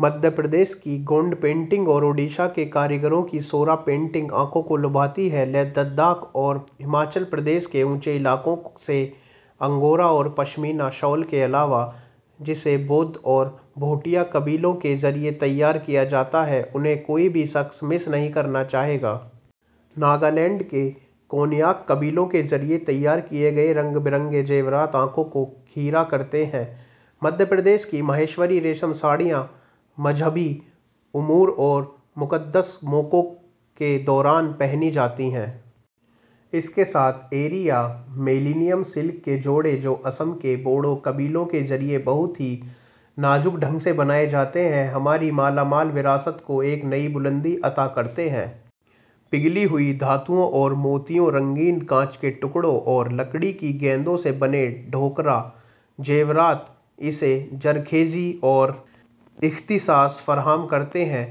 مدھیہ پردیش کی گوند پینٹنگ اور اوڈیشہ کے کاریگروں کی سورا پینٹنگ آنکھوں کو لبھاتی ہیں۔ لیہہ لداخ اور ہماچل پردیش کے اونچے علاقوں سے انگورا اور پشمینہ شال کے علاوہ جسے بودھ اور بھوٹیا قبائل کے ذریعہ تیار کیا جاتا ہے انہیں کوئی بھی شخص مس نہیں کرنا چاہے گا۔ ناگالینڈ کے کون یاک قبائل کے ذریعہ تیار کیے گئے رنگ برنگے زیورات آنکھوں کو خیرہ کرتے ہیں۔ مدھیہ پردیش کی مہیشوری ریشم ساڑیاں مذہبی امور اور مقدس موقعوں کے دوران پہنی جاتی ہیں۔ اس کے ساتھ ایری یا ملینئم سلک کے جوڑے جو آسام کے بوڈو قبائل کے ذریعہ بہت ہی نازک ڈھنگ سے بنائے جاتے ہیں ہماری مالا مال وراثت کو ایک نئی بلندی عطا کرتے ہیں۔ پگھلی ہوئی دھاتوں موتیوں رنگین کانچ کے ٹکڑوں اور لکڑی کی گیندوں سے بنے ڈھوکرا زیورات اسے زرخیزی اور اختصاص فراہم کرتے ہیں۔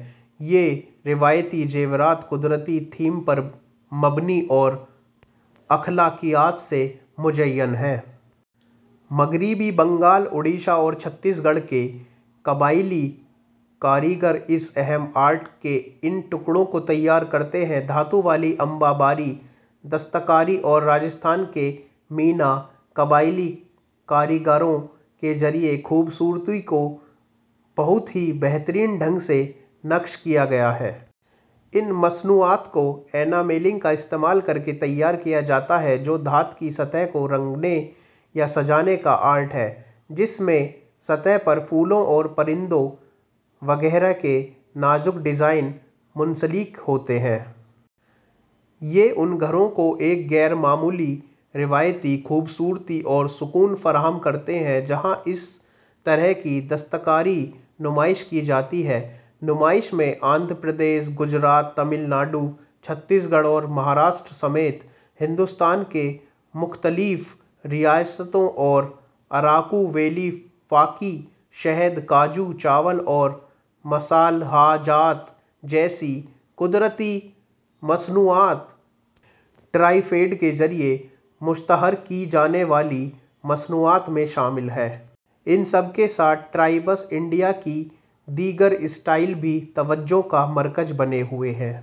یہ روایتی زیورات قدرتی تھیم پر مبنی اور اخلاقیات سے مزین ہیں۔ مغربی بنگال اوڈیشہ اور چھتیس گڑھ کے قبائلی کاریگر اس اہم آرٹ کے ان ٹکڑوں کو تیار کرتے ہیں۔ دھات والی امبا باری دستکاری میں راجستھان کے مینا قبائلی کاریگروں کے ذریعہ خوبصورتی کو بہت ہی بہترین ڈھنگ سے نقش کیا گیا ہے۔ ان مصنوعات کو اینامیلنگ کا استعمال کر کے تیار کیا جاتا ہے جو دھات کی سطح کو رنگنے یا سجانے کا آرٹ ہے جس میں سطح پر پھولوں اور پرندوں وغیرہ کے نازک ڈیزائن منسلک ہوتے ہیں۔ یہ ان گھروں کو ایک غیر معمولی روایتی خوبصورتی اور سکون فراہم کرتے ہیں جہاں اس طرح کی دستکاری کی نمائش کی جاتی ہے۔ نمائش میں آندھرا پردیش گجرات تمل ناڈو چھتیس گڑھ اور مہاراشٹر سمیت ہندوستان کی مختلف ریاستوں کی اراکو ویلی کافی شہد کاجو چاول اور مصالحہ جات جیسی قدرتی مصنوعات ٹرائفیڈ کے ذریعہ مشتہر کی جانے والی مصنوعات میں شامل ہیں۔ ان سب کے ساتھ ٹرائبس انڈیا کے دیگر اسٹالز بھی توجہ کا مرکز بنے ہوئے ہیں۔